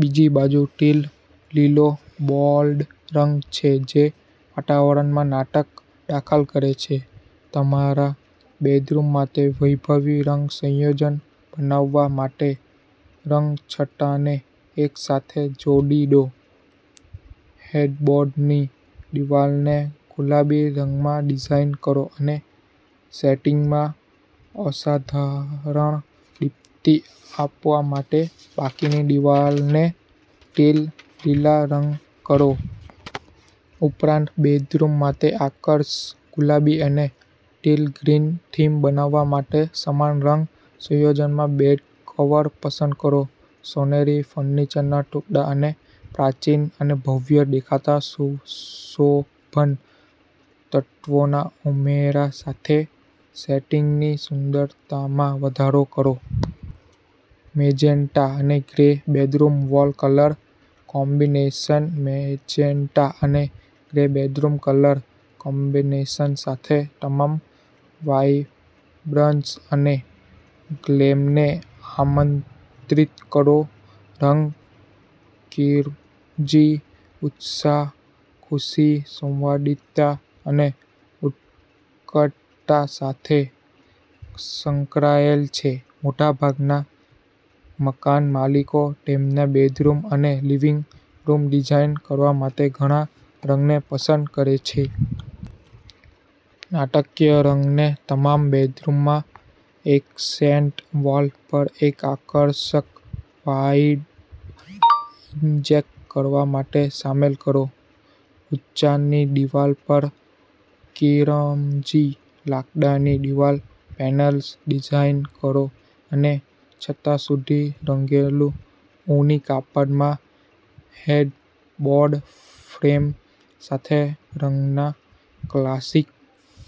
બીજી બાજુ, ટીલ લીલો બોલ્ડ રંગ છે જે વાતાવરણમાં નાટક દાખલ કરે છે. તમારા બેડરૂમ માટે વૈભવી રંગ સંયોજન બનાવવા માટે રંગછટાને એકસાથે જોડી દો. હેડબોર્ડની દિવાલને ગુલાબી રંગમાં ડિઝાઇન કરો અને સેટિંગમાં અસાધારણ દીપ્તિ આપવા માટે બાકીની દિવાલને ટીલ લીલી રંગ કરો. ઉપરાંત, બેડરૂમ માટે આકર્ષક ગુલાબી અને ટીલ ગ્રીન થીમ બનાવવા માટે સમાન રંગ સંયોજનમાં બેડ કવર પસંદ કરો. સોનેરી ફર્નિચરના ટુકડા અને પ્રાચીન અને ભવ્ય દેખાતા સુશોભન તત્વોના ઉમેરા સાથે સેટિંગની સુંદરતામાં વધારો કરો. મેજેન્ટા અને grey bedroom wall colour combination. Magenta અને ગ્રે બેડરૂમ કલર કોમ્બિનેશન સાથે તમામ વાઇબ્રન્સ અને ગ્લેમને આમંત્રિત કરો રંગ "કિરમજી" ઉત્સાહ, ખુશી, સંવાદિતા અને ઉત્કટતા સાથે સંકળાયેલ છે. મોટાભાગના મકાનમાલિકો તેમના બેડરૂમ અને લિવિંગ રૂમ ડિઝાઇન કરવા માટે ઘાટા રંગને પસંદ કરે છે. નાટકીય રંગને તમારા બેડરૂમમાં એક્સેન્ટ વોલ પર એક આકર્ષક વાઇબ ઇન્જેક્ટ કરવા માટે સામેલ કરો. ઉચ્ચારની દિવાલ પર કિરમજી લાકડાની દિવાલ પેનલ્સ ડિઝાઇન કરો અને છત સુધી રંગેલું ઊની કાપડમાં હેડબોર્ડ ફ્રેમ સાથે રંગના ક્લાસિક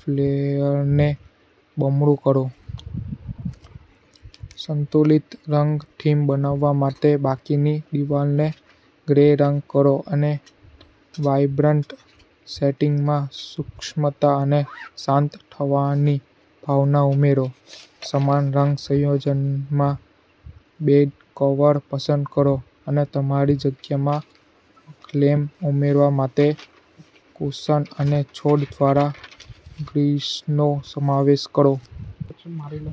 ફ્લેરને બમણું કરો. સંતુલિત રંગ થીમ બનાવવા માટે બાકીની દિવાલોને ગ્રે રંગ કરો અને વાઇબ્રન્ટ સેટિંગમાં સૂક્ષ્મતા અને શાંત થવાની ભાવના ઉમેરો. સમાન રંગ સંયોજનમાં બેડકવર પસંદ કરો અને તમારી જગ્યામાં ગ્લેમ ઉમેરવા માટે કુશન અને છોડ દ્વારા ગ્રીન્સનો સમાવેશ કરો.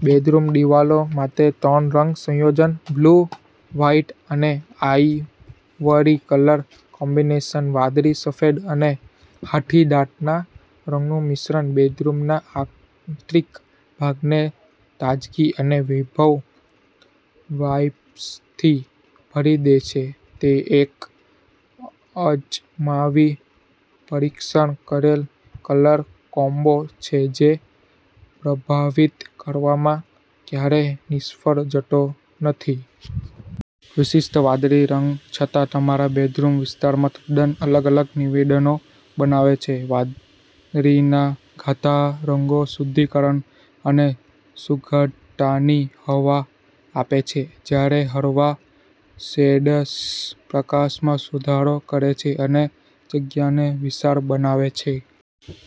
બેડરૂમ દિવાલો માટે ત્રણ રંગ સંયોજન બ્લુ, વ્હાઇટ અને આઇવરી કલર કોમ્બિનેશન વાદળી, સફેદ અને હાથીદાંતના રંગનું મિશ્રણ બેડરૂમના આંતરિક ભાગને તાજગી અને વૈભવી વાઇબ્સથી ભરી દે છે તે એક અજમાવી-પરીક્ષણ કરેલ કલર કોમ્બો છે જે પ્રભાવિત કરવામાં ક્યારેય નિષ્ફળ થતો નથી! વિશિષ્ટ વાદળી રંગછટા તમારા બેડરૂમ વિસ્તારમાં તદ્દન અલગ અલગ નિવેદનો બનાવે છે. વાદળીના ઘાટા રંગો શુદ્ધિકરણ અને સુઘડતાની હવા આપે છે, જ્યારે હળવા શેડ્સ પ્રકાશમાં સુધારો કરે છે અને જગ્યાને વિશાળ બનાવે છે.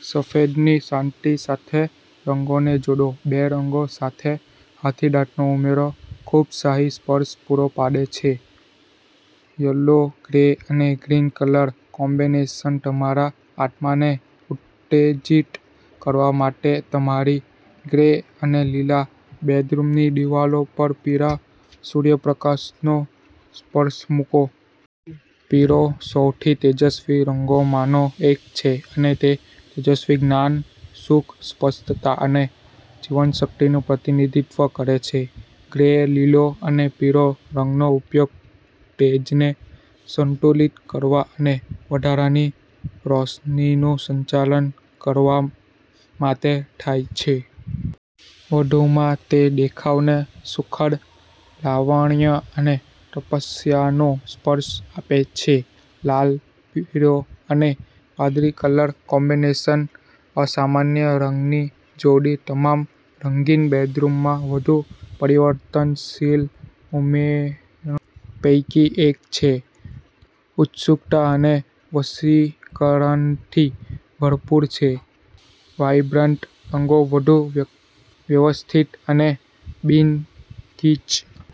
સફેદની શાંતિ સાથે રંગોને જોડો. બે રંગો સાથે હાથીદાંતનો ઉમેરો ખૂબશાહી સ્પર્શ પૂરો પાડે છે. યલો, ગ્રે અને ગ્રીન કલર કોમ્બિનેશન તમારા આત્માને ઉત્તેજીત કરવા માટે તમારી ગ્રે અને લીલા બેડરૂમની દિવાલો પર પીળા સૂર્યપ્રકાશનો સ્પર્શ મૂકો. પીળોસૌથી તેજસ્વી રંગોમાંનો એક છે અને તે તેજસ્વી, જ્ઞાન, સુખ, સ્પષ્ટતા અને જીવનશક્તિનું પ્રતિનિધિત્વ કરે છે. ગ્રે, લીલો અને પીળો રંગનો ઉપયોગ તેજને સંતુલિત કરવા અને વધારાની રોશનીનું સંચાલન કરવા માટે થાય છે. વધુમાં, તે દેખાવને સુઘડ લાવણ્ય અને તપસ્યાનો સ્પર્શ આપે છે. લાલ, પીળો અને વાદળી કલર કોમ્બિનેશન અસામાન્ય રંગની જોડી તમારા રંગીન બેડરૂમમાં વધુ પરિવર્તનશીલ ઉમેરણો પૈકી એક છે, જે ઉત્સુકતા અને વશીકરણથી ભરપૂર છે. વાઇબ્રન્ટ રંગો વધુ વ્યવસ્થિત અને બિન-ગીચ